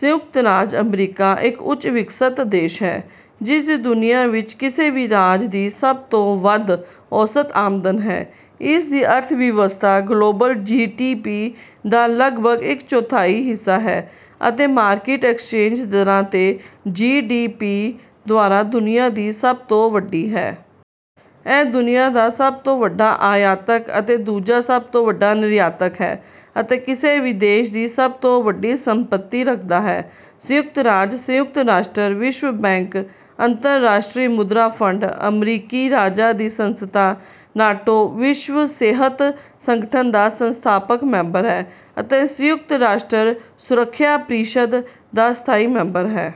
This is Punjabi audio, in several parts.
ਸੰਯੁਕਤ ਰਾਜ ਅਮਰੀਕਾ ਇੱਕ ਉੱਚ ਵਿਕਸਤ ਦੇਸ਼ ਹੈ ਜਿਸਦੀ ਦੁਨੀਆ ਵਿੱਚ ਕਿਸੇ ਵੀ ਰਾਜ ਦੀ ਸਭ ਤੋਂ ਵੱਧ ਔਸਤ ਆਮਦਨ ਹੈ। ਇਸਦੀ ਅਰਥਵਿਵਸਥਾ ਗਲੋਬਲ ਜੀਡੀਪੀ ਦਾ ਲਗਭਗ ਇੱਕ ਚੌਥਾਈ ਹਿੱਸਾ ਹੈ ਅਤੇ ਮਾਰਕੀਟ ਐਕਸਚੇਂਜ ਦਰਾਂ 'ਤੇ ਜੀਡੀਪੀ ਦੁਆਰਾ ਦੁਨੀਆ ਦੀ ਸਭ ਤੋਂ ਵੱਡੀ ਹੈ। ਇਹ ਦੁਨੀਆ ਦਾ ਸਭ ਤੋਂ ਵੱਡਾ ਆਯਾਤਕ ਅਤੇ ਦੂਜਾ ਸਭ ਤੋਂ ਵੱਡਾ ਨਿਰਯਾਤਕ ਹੈ, ਅਤੇ ਕਿਸੇ ਵੀ ਦੇਸ਼ ਦੀ ਸਭ ਤੋਂ ਵੱਡੀ ਸੰਪੱਤੀ ਰੱਖਦਾ ਹੈ। ਸੰਯੁਕਤ ਰਾਜ ਸੰਯੁਕਤ ਰਾਸ਼ਟਰ, ਵਿਸ਼ਵ ਬੈਂਕ, ਅੰਤਰਰਾਸ਼ਟਰੀ ਮੁਦਰਾ ਫੰਡ, ਅਮਰੀਕੀ ਰਾਜਾਂ ਦੀ ਸੰਸਥਾ, ਨਾਟੋ, ਵਿਸ਼ਵ ਸਿਹਤ ਸੰਗਠਨ ਦਾ ਸੰਸਥਾਪਕ ਮੈਂਬਰ ਹੈ, ਅਤੇ ਸੰਯੁਕਤ ਰਾਸ਼ਟਰ ਸੁਰੱਖਿਆ ਪ੍ਰੀਸ਼ਦ ਦਾ ਸਥਾਈ ਮੈਂਬਰ ਹੈ।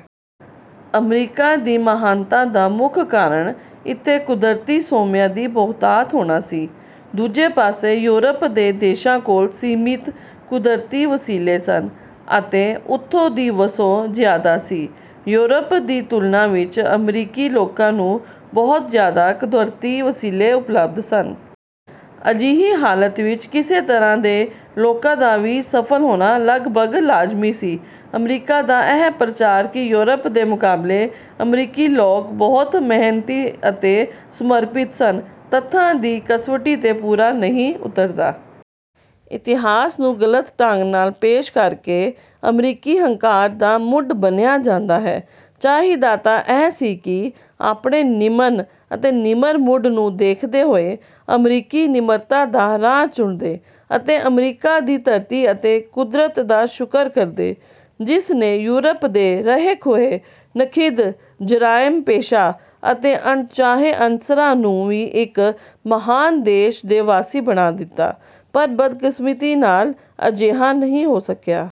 ਅਮਰੀਕਾ ਦੀ ਮਹਾਨਤਾ ਦਾ ਮੁੱਖ ਕਾਰਨ ਇੱਥੇ ਕੁਦਰਤੀ ਸੋਮਿਆਂ ਦੀ ਬਹੁਤਾਤ ਹੋਣਾ ਸੀ। ਦੂਜੇ ਪਾਸੇ ਯੂਰਪ ਦੇ ਦੇਸ਼ਾਂ ਕੋਲ ਸੀਮਿਤ ਕੁਦਰਤੀ ਵਸੀਲੇ ਸਨ ਅਤੇ ਉਥੋਂ ਦੀ ਵਸੋਂ ਜ਼ਿਆਦਾ ਸੀ। ਯੂਰਪ ਦੀ ਤੁਲਨਾ ਵਿੱਚ ਅਮਰੀਕੀ ਲੋਕਾਂ ਨੂੰ ਬਹੁਤ ਜ਼ਿਆਦਾ ਕਦਰਤੀ ਵਸੀਲੇ ਉਪਲਬਧ ਸਨ। ਅਜਿਹੀ ਹਾਲਤ ਵਿੱਚ ਕਿਸੇ ਤਰ੍ਹਾਂ ਦੇ ਲੋਕਾਂ ਦਾ ਵੀ ਸਫ਼ਲ ਹੋਣਾ ਲਗਪਗ ਲਾਜ਼ਮੀ ਸੀ। ਅਮਰੀਕਾ ਦਾ ਇਹ ਪ੍ਰਚਾਰ ਕਿ ਯੂਰਪ ਦੇ ਮੁਕਾਬਲੇ ਅਮਰੀਕੀ ਲੋਕ ਬਹੁਤ ਮਿਹਨਤੀ ਅਤੇ ਸਮਰਪਿਤ ਸਨ ਤੱਥਾਂ ਦੀ ਕਸਵਟੀ 'ਤੇ ਪੂਰਾ ਨਹੀਂ ਉਤਰਦਾ। ਇਤਿਹਾਸ ਨੂੰ ਗਲਤ ਢੰਗ ਨਾਲ ਪੇਸ਼ ਕਰਕੇ ਅਮਰੀਕੀ ਹੰਕਾਰ ਦਾ ਮੁੱਢ ਬੰਨਿ੍ਹਆ ਜਾਂਦਾ ਹੈ। ਚਾਹੀਦਾ ਤਾਂ ਇਹ ਸੀ ਕਿ ਆਪਣੇ ਨਿਮਨ ਅਤੇ ਨਿਮਰ ਮੁੱਢ ਨੂੰ ਦੇਖਦੇ ਹੋਏ ਅਮੀਰਕੀ ਨਿਮਰਤਾ ਦਾ ਰਾਹ ਚੁਣਦੇ ਅਤੇ ਅਮਰੀਕਾ ਦੀ ਧਰਤੀ ਅਤੇ ਕੁਦਰਤ ਦਾ ਸ਼ੁਕਰ ਕਰਦੇ ਜਿਸ ਨੇ ਯੂਰਪ ਦੇ ਰਹੇ-ਖੁਹੇ, ਨਖਿੱਧ, ਜਰਾਇਮ ਪੇਸ਼ਾ ਅਤੇ ਅਣਚਾਹੇ ਅਨਸਰਾਂ ਨੂੰ ਵੀ ਇੱਕ ਮਹਾਨ ਦੇਸ਼ ਦੇ ਵਾਸੀ ਬਣਾ ਦਿੱਤਾ ਪਰ ਬਦਕਿਸਮਤੀ ਨਾਲ ਅਜਿਹਾ ਨਹੀਂ ਹੋ ਸਕਿਆ।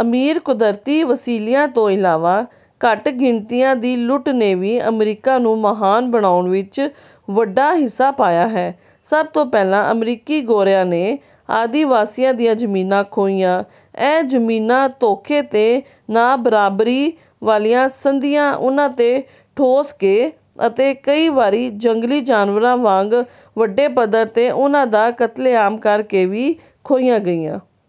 ਅਮੀਰ ਕੁਦਰਤੀ ਵਸੀਲਿਆਂ ਤੋਂ ਇਲਾਵਾ ਘੱਟ ਗਿਣਤੀਆਂ ਦੀ ਲੁੱਟ ਨੇ ਵੀ ਅਮਰੀਕਾ ਨੂੰ ਮਹਾਨ ਬਣਾਉਣ ਵਿੱਚ ਵੱਡਾ ਹਿੱਸਾ ਪਇਆ ਹੈ। ਸਭ ਤੋਂ ਪਹਿਲਾਂ ਅਮਰੀਕੀ ਗੋਰਿਆਂ ਨੇ ਆਦਿਵਾਸੀਆਂ ਦੀਆਂ ਜ਼ਮੀਨਾਂ ਖੋਹੀਆਂ, ਇਹ ਜ਼ਮੀਨਾਂ ਧੋਖੇ ਤੇ ਨਾਬਰਾਬਰੀ ਵਾਲੀਆਂ ਸੰਧੀਆਂ ਉਨ੍ਹਾਂ 'ਤੇ ਠੋਸ ਕੇ ਅਤੇ ਕਈ ਵਾਰੀ ਜੰਗਲੀ ਜਾਨਵਰਾਂ ਵਾਂਗ ਵੱਡੇ ਪੱਧਰ 'ਤੇ ਉਨ੍ਹਾਂ ਦਾ ਕਤਲੇਆਮ ਕਰ ਕੇ ਵੀ ਖੋਹੀਆਂ ਗਈਆਂ।